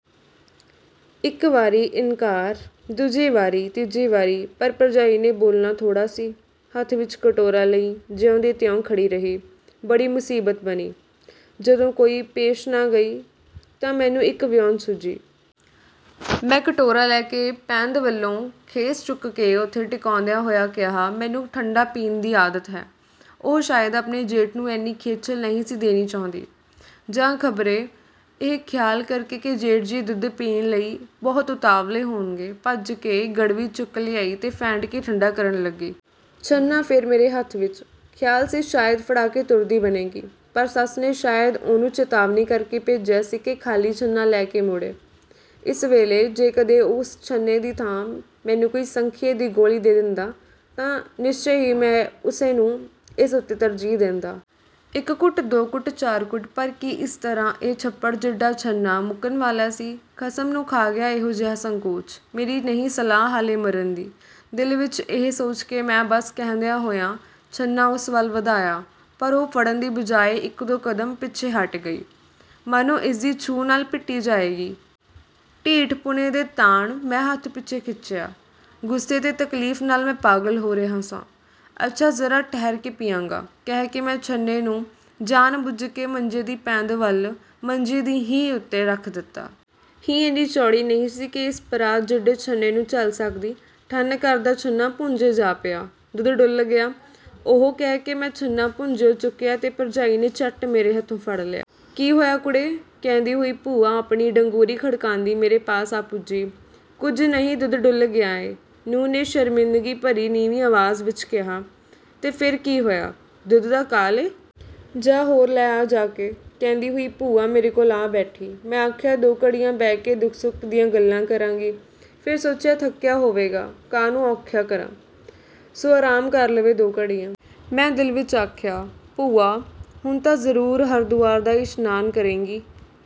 ਇੱਕ ਵਾਰੀ ਇਨਕਾਰ, ਦੂਜੀ ਵਾਰੀ, ਤੀਜੀ ਵਾਰੀ, ਪਰ ਭਰਜਾਈ ਨੇ ਬੋਲਣਾ ਥੋੜ੍ਹਾ ਸੀ। ਹੱਥ ਵਿੱਚ ਕਟੋਰਾ ਲਈ ਜਿਉਂ ਦੀ ਤਿਉਂ ਖੜੀ ਰਹੀ। ਬੜੀ ਮੁਸੀਬਤ ਬਣੀ। ਜਦੋਂ ਕੋਈ ਪੇਸ਼ ਨਾ ਗਈ ਤਾਂ ਮੈਨੂੰ ਇੱਕ ਵਿਉਂਤ ਸੁੱਝੀ। ਮੈਂ ਕਟੋਰਾ ਲੈ ਕੇ ਪੈਂਦ ਵੱਲੋਂ ਖੇਸ ਚੁੱਕ ਕੇ ਓਥੇ ਟਿਕਾਉਂਦਿਆਂ ਹੋਇਆਂ ਕਿਹਾ, “ਮੈਨੂੰ ਠੰਢਾ ਪੀਣ ਦੀ ਆਦਤ ਹੈ।” ਉਹ ਸ਼ਾਇਦ ਆਪਣੇ ਜੇਠ ਨੂੰ ਐਨੀ ਖੇਚਲ ਨਹੀਂ ਸੀ ਦੇਣੀ ਚਾਹੁੰਦੀ, ਜਾਂ ਖ਼ਬਰੇ ਇਹ ਖ਼ਿਆਲ ਕਰਕੇ ਕਿ ਜੇਠ ਜੀ ਦੁੱਧ ਪੀਣ ਲਈ ਬਹੁਤ ਉਤਾਵਲੇ ਹੋਣਗੇ, ਭੱਜ ਕੇ ਗੜਵੀ ਚੁੱਕ ਲਿਆਈ ਤੇ ਫੈਂਟ ਕੇ ਠੰਢਾ ਕਰਨ ਲੱਗੀ। ਛੰਨਾ ਫਿਰ ਮੇਰੇ ਹੱਥ ਵਿੱਚ। ਖ਼ਿਆਲ ਸੀ ਸ਼ਾਇਦ ਫੜਾ ਕੇ ਤੁਰਦੀ ਬਣੇਗੀ, ਪਰ ਸੱਸ ਨੇ ਸ਼ਾਇਦ ਉਹਨੂੰ ਚਿਤਾਵਨੀ ਕਰਕੇ ਭੇਜਿਆ ਸੀ ਕਿ ਖਾਲੀ ਛੰਨਾ ਲੈ ਕੇ ਮੁੜੇ। ਇਸ ਵੇਲੇ ਜੇ ਕਦੇ ਉਸ ਛੰਨੇ ਦੀ ਥਾਂ ਮੈਨੂੰ ਕੋਈ ਸੰਖੀਏ ਦੀ ਗੋਲੀ ਦੇ ਦਿੰਦਾ ਤਾਂ ਨਿਸ਼ਚੇ ਹੀ ਮੈਂ ਉਸੇ ਨੂੰ ਇਸ ਉੱਤੇ ਤਰਜੀਹ ਦੇਂਦਾ। ਇੱਕ ਘੁੱਟ, ਦੋ ਘੁੱਟ, ਚਾਰ ਘੁੱਟ, ਪਰ ਕੀ ਇਸ ਤਰ੍ਹਾਂ ਇਹ ਛੱਪੜ ਜਿੱਡਾ ਛੰਨਾ ਮੁੱਕਣ ਵਾਲਾ ਸੀ? “ਖਸਮ ਨੂੰ ਖਾ ਗਿਆ ਇਹੋ ਜਿਹਾ ਸੰਕੋਚ। ਮੇਰੀ ਨਹੀਂ ਸਲਾਹ ਹਾਲੇ ਮਰਨ ਦੀ।” ਦਿਲ ਵਿੱਚ ਇਹ ਸੋਚ ਕੇ ਮੈਂ “ਬੱਸ” ਕਹਿੰਦਿਆਂ ਹੋਇਆਂ, ਛੰਨਾ ਉਸ ਵੱਲ ਵਧਾਇਆ, ਪਰ ਉਹ ਫੜਨ ਦੀ ਬਜਾਇ ਇੱਕ-ਦੋ ਕਦਮ ਪਿੱਛੇ ਹਟ ਗਈ, ਮਾਨੋ ਇਸ ਦੀ ਛੂਹ ਨਾਲ ਭਿੱਟੀ ਜਾਏਗੀ। ਢੀਠਪੁਣੇ ਦੇ ਤਾਣ ਮੈਂ ਹੱਥ ਪਿੱਛੇ ਖਿੱਚਿਆ। ਗੁੱਸੇ ਤੇ ਤਕਲੀਫ਼ ਨਾਲ ਮੈਂ ਪਾਗਲ ਹੋ ਰਿਹਾ ਸਾਂ। “ਅੱਛਾ, ਜ਼ਰਾ ਠਹਿਰ ਕੇ ਪੀਆਂਗਾ,” ਕਹਿ ਕੇ ਮੈਂ ਛੰਨੇ ਨੂੰ ਜਾਣ-ਬੁੱਝ ਕੇ ਮੰਜੇ ਦੀ ਪੈਂਦ ਵੱਲ ਮੰਜੀ ਦੀ ਹੀਂਹ ਉੱਤੇ ਰੱਖ ਦਿੱਤਾ। ਹੀਂਹ ਇੰਨੀ ਚੌੜੀ ਨਹੀਂ ਸੀ ਕਿ ਇਸ ਪਰਾਤ ਜਿੱਡੇ ਛੰਨੇ ਨੂੰ ਝੱਲ ਸਕਦੀ। “ਠੰਨ” ਕਰਦਾ ਛੰਨਾ ਭੁੰਜੇ ਜਾ ਪਿਆ। ਦੁੱਧ ਡੁੱਲ੍ਹ ਗਿਆ। “ਉਹੋ!” ਕਹਿ ਕੇ ਮੈਂ ਛੰਨਾ ਭੁੰਜਿਓਂ ਚੁੱਕਿਆ ਤੇ ਭਰਜਾਈ ਨੇ ਝੱਟ ਮੇਰੇ ਹੱਥੋਂ ਫੜ ਲਿਆ। “ਕੀ ਹੋਇਆ ਕੁੜੇ?” ਕਹਿੰਦੀ ਹੋਈ ਭੂਆ ਆਪਣੀ ਡੰਗੋਰੀ ਖੜਕਾਂਦੀ ਮੇਰੇ ਪਾਸ ਆ ਪੁੱਜੀ। “ਕੁਝ ਨਹੀਂ, ਦੁੱਧ ਡੁੱਲ੍ਹ ਗਿਆ ਏ,” ਨੂੰਹ ਨੇ ਸ਼ਰਮਿੰਦਗੀ ਭਰੀ ਨੀਵੀਂ ਆਵਾਜ਼ ਵਿੱਚ ਕਿਹਾ। “ਤੇ ਫਿਰ ਕੀ ਹੋਇਆ? ਦੁੱਧ ਦਾ ਕਾਲ ਏ? ਜਾਹ, ਹੋਰ ਲੈ ਆ ਜਾ ਕੇ,” ਕਹਿੰਦੀ ਹੋਈ ਭੂਆ ਮੇਰੇ ਕੋਲ ਆ ਬੈਠੀ। “ਮੈਂ ਆਖਿਆ, ਦੋ ਘੜੀਆਂ ਬਹਿ ਕੇ ਦੁੱਖ-ਸੁੱਖ ਦੀਆਂ ਗੱਲਾਂ ਕਰਾਂਗੀ। ਫਿਰ ਸੋਚਿਆ, ਥੱਕਿਆ ਹੋਵੇਗਾ, ਕਾਹਨੂੰ ਔਖਿਆਂ ਕਰਾਂ, ਸੁ ਆਰਾਮ ਕਰ ਲਵੇ ਦੋ ਘੜੀਆਂ।” ਮੈਂ ਦਿਲ ਵਿੱਚ ਆਖਿਆ, “ਭੂਆ, ਹੁਣ ਤੂੰ ਜ਼ਰੂਰ ਹਰਦੁਆਰ ਦਾ ਇਸ਼ਨਾਨ ਕਰੇਂਗੀ।”